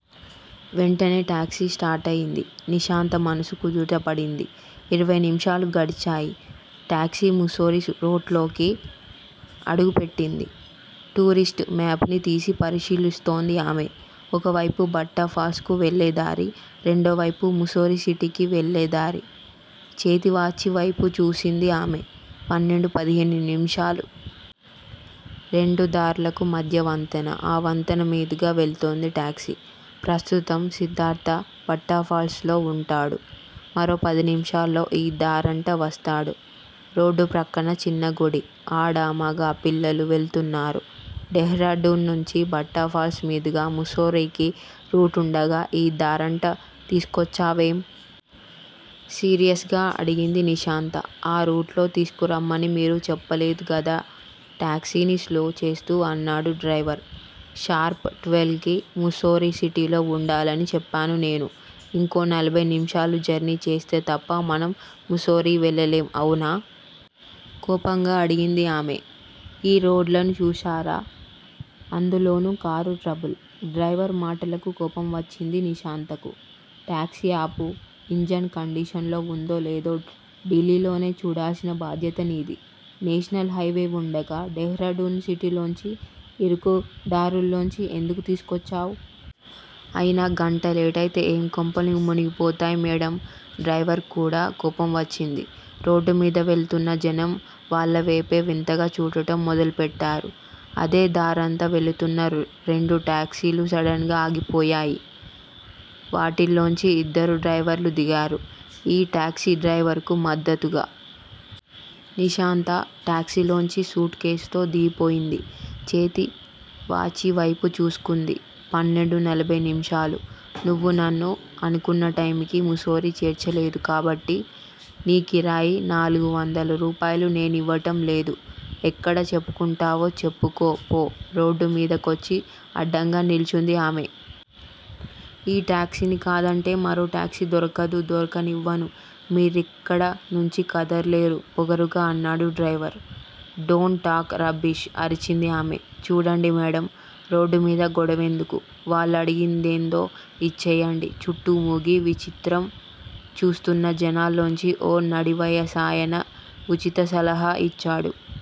వెంటనే టాక్సీ స్టార్టయింది. నిశాంత మనసు కుదటపడింది. ఇరవై నిమిషాలు గడిచాయి. టాక్సీ ముస్సోరీ రూట్లోకి అడుగుపెట్టింది. టూరిస్ట్ మేప్ ను తీసి పరిశీలిస్తోంది ఆమె. ఒకవైపు భట్టాఫాల్స్ కు వెళ్ళేదారి. రెండోవైపు ముస్సోరి సిటీకి వెళ్ళేదారి. చేతివాచీ వైపు చూసింది ఆమె. పన్నెండు పదిహేను నిముషాలు. రెండుదారులకు మధ్య వంతెన. ఆ వంతెన మీదుగా వెళ్తోంది టాక్సీ. ప్రస్తుతం సిద్ధార్ధ భట్టాఫాల్స్ లో వుంటాడు. మరో పదినిమిషాల్లో ఈ దారంట వస్తాడు. రోడ్డు ప్రక్కన చిన్న గుడి. ఆడా, మగా, పిల్లలు వెళుతున్నారు. డెహ్రాడూన్ నుంచి భట్టాఫాల్స్ మీదుగా ముస్సోరీకి రూటుండగా ఈ దారంట తీసుకొచ్చావేం? సీరియస్ గా అడిగింది నిశాంత. ఆ రూట్లో తీసుకురమ్మని మీరు చెప్పలేదు గదా టాక్సీని స్లో చేస్తూ అన్నాడు డ్రైవర్. షార్ప్ ట్వెల్వ్ కి, ముస్సోరి సిటీలో వుండాలని చెప్పాను నేను ఇంకో నలభై నిమిషాలు జర్నీ చేస్తే తప్ప మనం ముస్సోరీ వెళ్ళలేం. అవునా? కోపంగా అడిగింది ఆమె. ఈ రోడ్లను చూసారా అందులోనూ కారు ట్రబుల్. డ్రైవర్ మాటలకు కోపం వచ్చింది నిశాంతకు. టాక్సీ ఆపు. ఇంజన్ కండీషన్లో వుందో, లేదో ఢిల్లీలోనే చూడాల్సిన బాధ్యత నీది. నేషనల్ హైవే వుండగా, డెహ్రాడూన్ సిటీలోంచి, ఇరుకు దారుల్లోంచి ఎందుకు తీసుకొచ్చావ్? అయినా గంట లేటైతే ఏం కొంపలు మునిగిపోతాయ్ మేడమ్ డ్రైవర్ క్కూడా కోపం వచ్చింది. రోడ్డుమీద వెళుతున్న జనం వాళ్ళవేపే వింతగా చూడడం మొదలుపెట్టారు. అదే దారంత వెళుతున్న రెండు టాక్సీలు సడన్ గా ఆగిపోయాయి. వాటిల్లోంచి ఇద్దరు డ్రైవర్లు దిగారు. ఈ టాక్సీ డ్రైవర్ కు మద్దతుగా. నిశాంత టాక్సీలోంచి సూట్ కేసుతో దిగిపోయింది. చేతి వాచీవైపు చూసుకుంది. పన్నెండు నలభై నిమిషాలు. నువ్వు నన్ను అనుకున్న టైమ్ కి ముస్సోరీ చేర్చలేదు కాబట్టి, నీ కిరాయి నాలుగు వందల రూపాయలు నేనివ్వడం లేదు. ఎక్కడ చెప్పుకుంటావో చెప్పుకో పో. రోడ్డు మీదకొచ్చి అడ్డంగా నిల్చుంది ఆమె. ఈ టాక్సీని కాదంటే మరో టాక్సీ దొరకదు దొరకనివ్వను. మీరిక్కడ నుంచి కదల్లేరు పొగరుగా అన్నాడు డ్రైవర్. డోంట్ టాక్ రబ్బిష్ అరిచింది ఆమె. చూడండి మేడమ్! రోడ్డుమీద గొడవెందుకు వాళ్ళడిగిందేదో ఇచ్చెయ్యండి చుట్టూ మూగి, విచిత్రం చూస్తున్న జనంలోంచి ఓ నడివయసాయన వుచిత సలహా యిచ్చాడు.